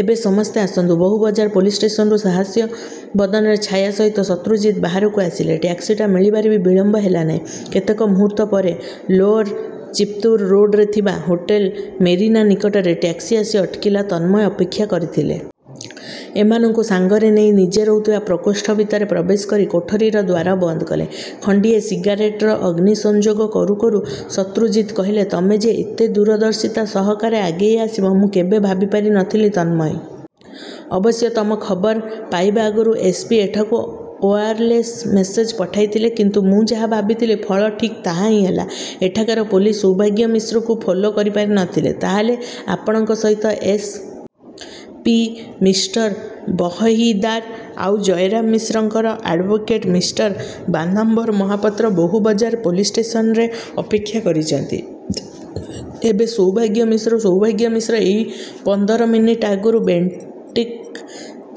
ଏବେ ସମସ୍ତେ ଆସନ୍ତୁ। ବହୁବଜାର ପୋଲିସ୍ଷ୍ଟେସନରୁ ସହାସ୍ୟ ବଦନରେ ଛାୟା ସହିତ ଶତ୍ରୁଜିତ୍ ବାହାରକୁ ଆସିଲେ। ଟ୍ୟାକ୍ସିଟା ମିଳିବାରେ ବି ବିଳମ୍ବ ହେଲା ନାହିଁ। କେତେକ ମୁହୂର୍ତ୍ତ ପରେ ଲୋଅର ଚିତ୍ପୁର ରୋଡରେ ଥିବା ହୋଟେଲ 'ମେରୀନା' ନିକଟରେ, ଟ୍ୟାକ୍ସି ଆସି ଅଟକିଲା ତନ୍ମୟ ଅପେକ୍ଷା କରିଥିଲେ। ଏମାନଙ୍କୁ ସାଙ୍ଗରେ ନେଇ ନିଜେ ରହୁଥିବା ପ୍ରକୋଷ୍ଠ ଭିତରେ ପ୍ରବେଶ କରି କୋଠରିର ଦ୍ୱାର ବନ୍ଦ କଲେ। ଖଣ୍ଡିଏ ସିଗାରେଟର ଅଗ୍ନି ସଂଯୋଗ କରୁକରୁ ଶତ୍ରୁଜିତ୍ କହିଲେ "ତମେ ଯେ ଏତେ ଦୂରଦର୍ଶିତା ସହକାରେ ଆଗେଇ ଆସିବ ମୁଁ କେବେ ଭାବି ପାରି ନ ଥିଲି, ତନ୍ମୟ । ଅବଶ୍ୟ ତମ ଖବର ପାଇବା ଆଗରୁ ଏସ୍. ପି. ଏଠାକୁ ଓୟାରଲେସ୍ ମେସେଜ୍ ପଠାଇଥିଲେ କିନ୍ତୁ ମୁଁ ଯାହା ଭାବିଥିଲି ଫଳ ଠିକ୍ ତାହା ହିଁ ହେଲା। ଏଠାକାର ପୋଲିସ୍ ସୌଭାଗ୍ୟ ମିଶ୍ରକୁ ଫଲୋ କରିପାରି ନ ଥିଲେ। ତା' ହେଲେ ଆପଣଙ୍କ ସହିତ ଏସ୍. ପି. ମିଷ୍ଟର ବହହିଦାର ଆଉ ଜୟରାମ ମିଶ୍ରଙ୍କର ଆଡ୍ଭୋକେଟ୍ ମିଷ୍ଟର ବାନାମ୍ବର ମହାପାତ୍ର ବହୁ ବଜାର ପୋଲିସ୍ଷ୍ଟେସନରେ ଅପେକ୍ଷା କରିଛନ୍ତି। ଏବେ ସୌଭାଗ୍ୟ ମିଶ୍ର ସୌଭାଗ୍ୟ ମିଶ୍ର ଏଇ ପଂଦର ମିନିଟ୍ ଆଗରୁ ବେଣ୍ଟିକ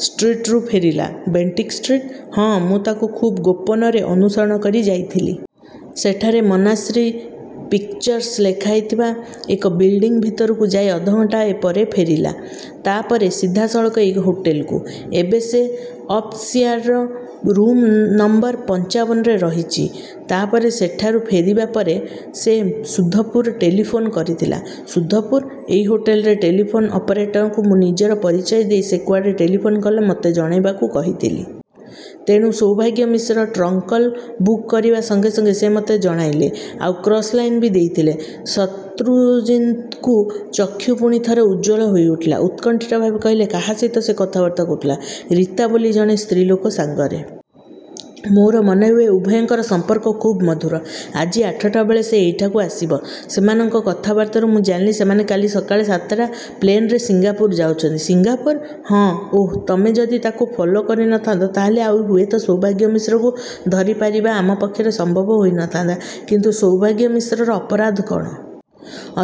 ଷ୍ଟ୍ରିଟରୁ ଫେରିଲା। Bentinck street? ହଁ, ମୁଁ ତାକୁ ଖୁବ୍ ଗୋପନରେ ଅନୁସରଣ କରି ଯାଇଥିଲି। ସେଠାରେ ମନାଶ୍ରୀ ପିକ୍ଚର୍ସ ଲେଖାହେଇଥିବା ଏକ ବିଲଡ଼ିଂ ଭିତରକୁ ଯାଇ ଅଧଘଣ୍ଟାଏ ପରେ ଫେରିଲା। ତା'ପରେ ସିଧାସଳଖ ଏହି ହୋଟେଲ୍କୁ। ଏବେ ସେ ଅପ୍ଷ୍ଟୟାରର ରୂମ୍ ନଂ ପଂଚାବନରେ ରହିଛି। ତା'ପରେ ସେଠାରୁ ଫେରିବା ପରେ ସେ ସୁଧପୁର ଟେଲିଫୋନ କରିଥିଲା। ସୁଧପୁର? ଏଇ ହୋଟେଲର ଟେଲିଫୋନ ଅପରେଟରଙ୍କୁ ମୁଁ ନିଜର ପରିଚୟ ଦେଇ, ସେ କୁଆଡ଼େ ଟେଲିଫୋନ କଲେ ମୋତେ ଜଣାଇବାକୁ କହିଥିଲି। ତେଣୁ ସୌଭାଗ୍ୟ ମିଶ୍ର ଟ୍ରଙ୍କକଲ୍ ବୁକ୍ କରିବା ସଙ୍ଗେ ସଙ୍ଗେ ସେ ମେତେ ଜଣାଇଲେ। ଆଉ କ୍ରସ୍ ଲାଇନ ବି ଦେଇଥିଲେ। ଶତ୍ରୁଜିତ୍ଙ୍କ ଚକ୍ଷୁ ପୁଣି ଥରେ ଉଜ୍ୱଳ ହୋଇଉଠିଲା। ଉତ୍କଣ୍ଠିତ ଭାବରେ କହିଲେ କାହା ସହିତ ସେ କଥାବାର୍ତ୍ତା କରୁଥିଲା? ରୀତା ବୋଲି ଜଣେ ସ୍ତ୍ରୀଲୋକ ସାଙ୍ଗରେ। ମୋର ମନେହୁଏ ଉଭୟଙ୍କର ସମ୍ପର୍କ ଖୁବ୍ ମଧୁର। ଆଜି ଆଠଟାବେଳେ ସେ ଏଇଠାକୁ ଆସିବ। ସେମାନଙ୍କ କଥାବାର୍ତ୍ତାରୁ ମୁଁ ଜାଣିଲି ସେମାନେ କାଲି ସକାଳ ସାତଟା ପ୍ଲେନ୍ରେ ସିଙ୍ଗାପୁର ଯାଉଛନ୍ତି। ସିଙ୍ଗାପୁର? ହଁ। ଓଃ! ତମେ ଯଦି ତାକୁ ଫଲୋ କରି ନ ଥା'ନ୍ତ ତା'ହେଲେ ଆଉ ହୁଏତ ସୌଭାଗ୍ୟ ମିଶ୍ରକୁ ଧରିପାରିବା ଆମ ପକ୍ଷରେ ସମ୍ଭବ ହୋଇ ନ ଥାନ୍ତା କିନ୍ତୁ ସୌଭାଗ୍ୟ ମିଶ୍ରର ଅପରାଧ କ'ଣ?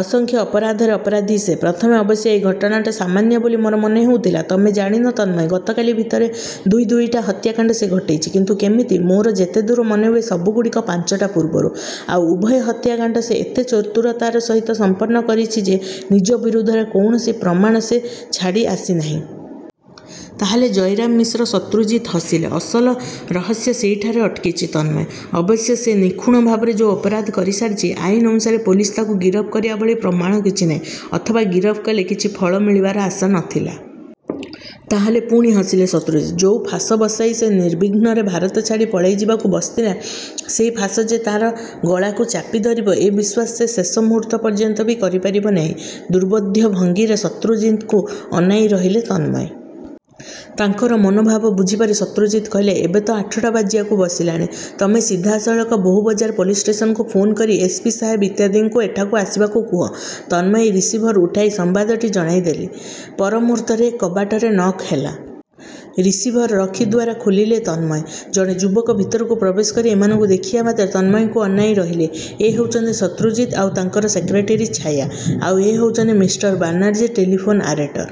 ଅସଂଖ୍ୟ ଅପରାଧରେ ଅପରାଧୀ ସେ। ପ୍ରଥମେ ଅବଶ୍ୟ ଏ ଘଟଣାଟା ସାମାନ୍ୟ ବୋଲି ମୋର ମନେ ହେଉଥିଲା। ତମେ ଜାଣିନ, ତନ୍ମୟ, ଗତକାଲି ଭିତରେ ଦୁଇ ଦୁଇଟା ହତ୍ୟାକାଣ୍ତ ସେ ଘଟେଇଛି। କିନ୍ତୁ କେମିତି? ମୋର ଯେତେଦୂର ମନେହୁଏ ସବୁଗୁଡ଼ିକ ପାଞ୍ଚଟା ପୂର୍ବରୁ। ଆଉ ଉଭୟ ହତ୍ୟାକାଣ୍ତ ସେ ଏତେ ଚତୁରତାର ସହିତ ସମ୍ପନ୍ନ କରିଛି ଯେ ନିଜ ବିରୁଦ୍ଧରେ କୌଣସି ପ୍ରମାଣ ସେ ଛାଡ଼ି ଆସି ନାହିଁ। ତା'ହେଲେ ଜୟରାମ ମିଶ୍ର ଶତ୍ରୁଜିତ୍ ହସିଲେ। ଅସଲ ରହସ୍ୟ ସେଇଠାରେ ଅଟକିଛି, ତନ୍ମୟ! ଅବଶ୍ୟ ସେ ନିଖୁଣ ଭାବରେ ଯୋଉ ଅପରାଧ କରିସାରିଛି, ଆଇନ ଅନୁସାରେ ପୋଲିସ ତାକୁ ଗିରଫ କରିବା ଭଳି ପ୍ରମାଣ କିଛି ନାହିଁ। ଅଥବା ଗିରଫ କଲେ କିଛି ଫଳ ମିଳିବାର ଆଶା ନ ଥିଲା। ତା'ହେଲେ ପୁଣି ହସିଲେ ଶତ୍ରୁଜିତ୍। ଯୋଉ ଫାଶ ବସାଇ ସେ ନିର୍ବିଘ୍ନରେ ଭାରତ ଛାଡ଼ି ପଳାଇଯିବାକୁ ବସିଥିଲା, ସେଇ ଫାଶ ଯେ ତା'ର ଗଳାକୁ ଚାପି ଧରିବ ଏ ବିଶ୍ୱାସ ସେ ଶେଷ ମୁହୂର୍ତ୍ତ ପର୍ଯ୍ୟନ୍ତ ବି କରିପାରିବ ନାହିଁ। ଦୁର୍ବୋଧ୍ୟ ଭଙ୍ଗୀରେ ଶତ୍ରଜିତ୍ଙ୍କୁ ଅନାଇ ରହିଲେ ତନ୍ମୟ। ତାଙ୍କର ମନୋଭାବ ବୁଝିପାରି ଶତ୍ରୁଜିତ୍ କହିଲେ ଏବେ ତ ଆଠଟା ବାଜିବାକୁ ବସିଲାଣି। ତମେ ସିଧାସଳଖ ବହୁବଜାର ପୋଲିସ ଷ୍ଟେସନକୁ ଫୋନ୍ କରି ଏସ. ପି. ସାହେବ ଇତ୍ୟାଦିଙ୍କୁ ଏଠାକୁ ଆସିବାକୁ କୁହ। ତନ୍ମୟ ରିସିଭର ଉଠାଇ ସମ୍ୱାଦଟି ଜଣାଇଦେଲି। ପର ମୁହୂର୍ତ୍ତରେ କବାଟରେ ନକ୍ ହେଲା। ରିସିଭର ରଖି ଦ୍ୱାରା ଖୋଲିଲେ ତନ୍ମୟ। ଜଣେ ଯୁବକ ଭିତରକୁ ପ୍ରବେଶ କରି ଏମାନଙ୍କୁ ଦେଖିବା ମାତ୍ରେ ତନ୍ମୟଙ୍କୁ ଅନାଇ ରହିଲେ। ଏ ହେଉଛନ୍ତି ଶତ୍ରୁଜିତ୍ ଆଉ ତାଙ୍କର ସେକ୍ରେଟେରୀ ଛାୟା। ଆଉ ଏ ହେଉଛନ୍ତି ମିଷ୍ଟର ବାନାର୍ଜୀ, ଟେଲିଫୋନ୍ ଆରେଟର।